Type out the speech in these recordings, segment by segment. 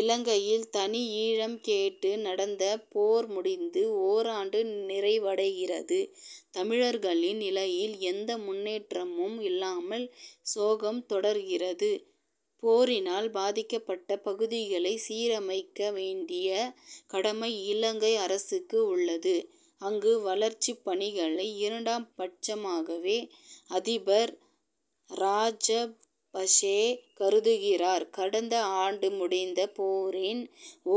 இலங்கையில் தனிஈழம் கேட்டு நடந்த போர் முடிந்து ஓராண்டு நிறைவடைகிறது. தமிழர்களின் நிலையில் எந்த முன்னேற்றமும் இல்லாமல் சோகம் தொடர்கிறது. போரினால் பாதிக்கப்பட்ட பகுதிகளை சீரமைக்க வேண்டிய கடமை இலங்கை அரசுக்கு உள்ளது. அங்கு வளர்ச்சிப் பணிகளை இரண்டாம் பட்சமாகவே அதிபர் ராஜபக்ஷே கருதுகிறார். கடந்த ஆண்டு முடிந்த போரின்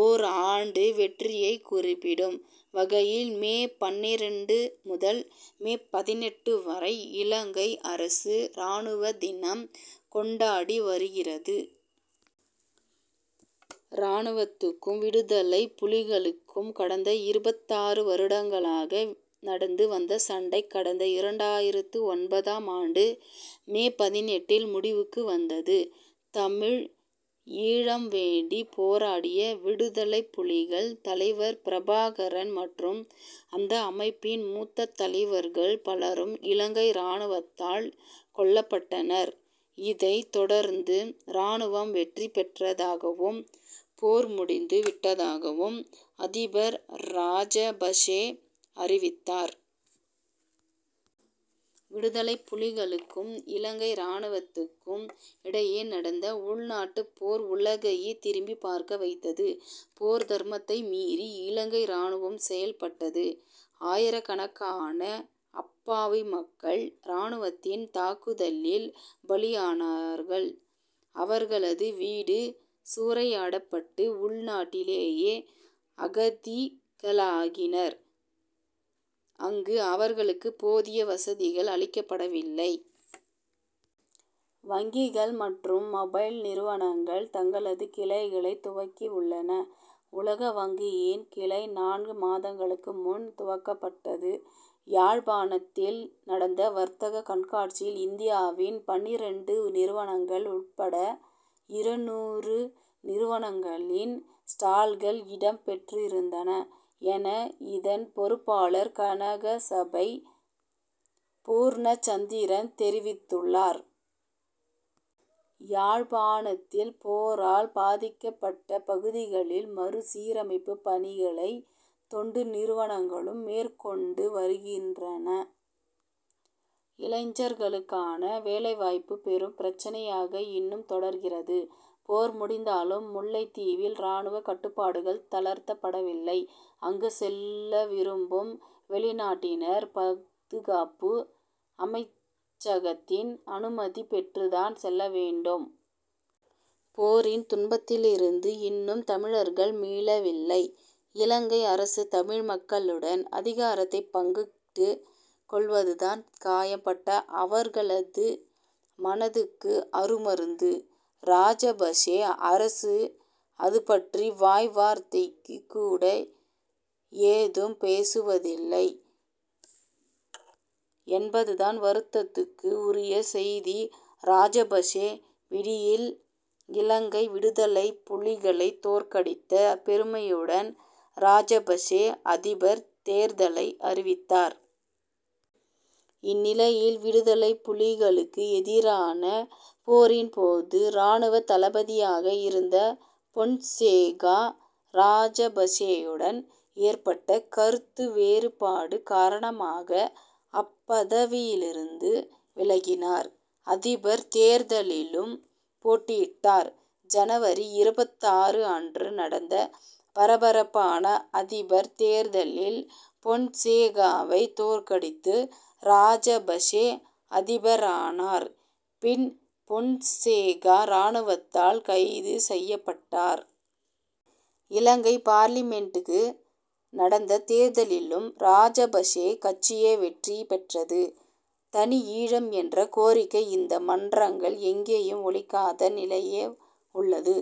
ஓர் ஆண்டு வெற்றியைக் குறிப்பிடும் வகையில் மே பன்னிரண்டு முதல் மே பதினெட்டு வரை இலங்கை அரசு ராணுவ தினம் கொண்டாடி வருகிறது. ராணுவத்துக்கும் விடுதலைப்புலிகளுக்கும் கடந்த இருபத்தாறு வருடங்களாக நடந்து வந்த சண்டை கடந்த இரண்டாயிரத்து ஒன்பதாம் ஆண்டு மே பதினெட்டில் முடிவுக்கு வந்தது. தமிழ் ஈழம் வேண்டி போராடிய விடுதலைப்புலிகள் தலைவர் பிரபாகரன் மற்றும் அந்த அமைப்பின் மூத்த தலைவர்கள் பலரும் இலங்கை ராணுவத்தால் கொல்லப்பட்டனர். இதைத் தொடர்ந்து ராணுவம் வெற்றி பெற்றதாகவும் போர் முடிந்து விட்டதாகவும் அதிபர் ராஜபக்ஷே அறிவித்தார். விடுதலைப்புலிகளுக்கும் இலங்கை ராணுவத்துக்கும் இடையே நடந்த உள்நாட்டு போர் உலகையே திரும்பி பார்க்க வைத்தது. போர் தர்மத்தை மீறி இலங்கை ராணுவம் செயல்பட்டது. ஆயிரக்கணக்கான அப்பாவி மக்கள் ராணுவத்தின் தாக்குதலில் பலியானார்கள். அவர்களது வீடுகள் சூறையாடப்பட்டு உள் நாட்டிலேயே அகதிகளாகினர். அங்கு அவர்களுக்கு போதிய வசதிகள் அளிக்கப்படவில்லை. வங்கிகள் மற்றும் மொபைல் நிறுவனங்கள் தங்களது கிளைகளை துவக்கி உள்ளன. உலக வங்கியின் கிளை நான்கு மாதங்களுக்கு முன் துவக்கப்பட்டது. யாழ்ப்பாணத்தில் நடந்த வர்த்தக கண்காட்சியில் இந்தியாவின் பன்னிரண்டு நிறுவனங்கள் உட்பட இருநூறு நிறுவனங்களின் ஸ்டால்கள் இடம் பெற்றிருந்தன என இதன் பொறுப்பாளர் கனகசபை பூர்ணச்சந்திரன் தெரிவித்துள்ளார். யாழ்ப்பாணத்தில் போரால் பாதிக்கப்பட்ட பகுதிகளில் மறு சீரமைப்பு பணிகளை தொண்டு நிறுவனங்களும் மேற்கொண்டு வருகின்றன. இளைஞர்களுக்கான வேலைவாய்ப்பு பெரும் பிரச்னையாக இன்னும் தொடர்கிறது. போர் முடிந்தாலும் முல்லைத்தீவில் ராணுவ கட்டுப்பாடுகள் தளர்த்தப்படவில்லை. அங்கு செல்ல விரும்பும் வெளிநாட்டினர் பாதுகாப்பு அமைச்சகத்தின் அனுமதி பெற்றுத்தான் செல்ல வேண்டும். போரின் துன்பத்திலிருந்து இன்னும் தமிழர்கள் மீளவில்லை. இலங்கை அரசு தமிழ் மக்களுடன் அதிகாரத்தை பங்கிட்டு கொள்வதுதான் காயம் பட்ட அவர்களது மனதுக்கு அருமருந்து. ராஜபக்ஷே அரசு அதுபற்றி வாய்வார்த்தைக்குக் கூட ஏதும் பேசுவதில்லை என்பதுதான் வருத்தத்துக்கு உரிய செய்தி. ராஜபக்ஷே பிடியில் இலங்கை விடுதலைப்புலிகளை தோற்கடித்த பெருமையுடன் ராஜபக்ஷே அதிபர் தேர்தலை அறிவித்தார். இந்நிலையில் விடுதலைப்புலிகளுக்கு எதிரான போரின் போது ராணுவ தளபதியாக இருந்த பொன்சேகா ராஜபக்ஷேயுடன் ஏற்பட்ட கருத்துவேறுபாடு காரணமாக அப்பதவியிலிருந்து விலகினார். அதிபர் தேர்தலிலும் போட்டியிட்டார். ஜனவரி இருபத்தாறு அன்று நடந்த பரபரப்பான அதிபர் தேர்தலில் பொன்சேகாவை தோற்கடித்து ராஜபக்ஷே அதிபரானார். பின் பொன்சேகா ராணுவத்தால் கைது செய்யப்பட்டார். இலங்கை பார்லிமென்டுக்கு நடந்த தேர்தலிலும் ராஜபக்ஷே கட்சியே வெற்றி பெற்றது. தனி ஈழம் என்ற கோரிக்கை இந்த மன்றங்கள் எங்கேயும் ஒலிக்காத நிலையே உள்ளது.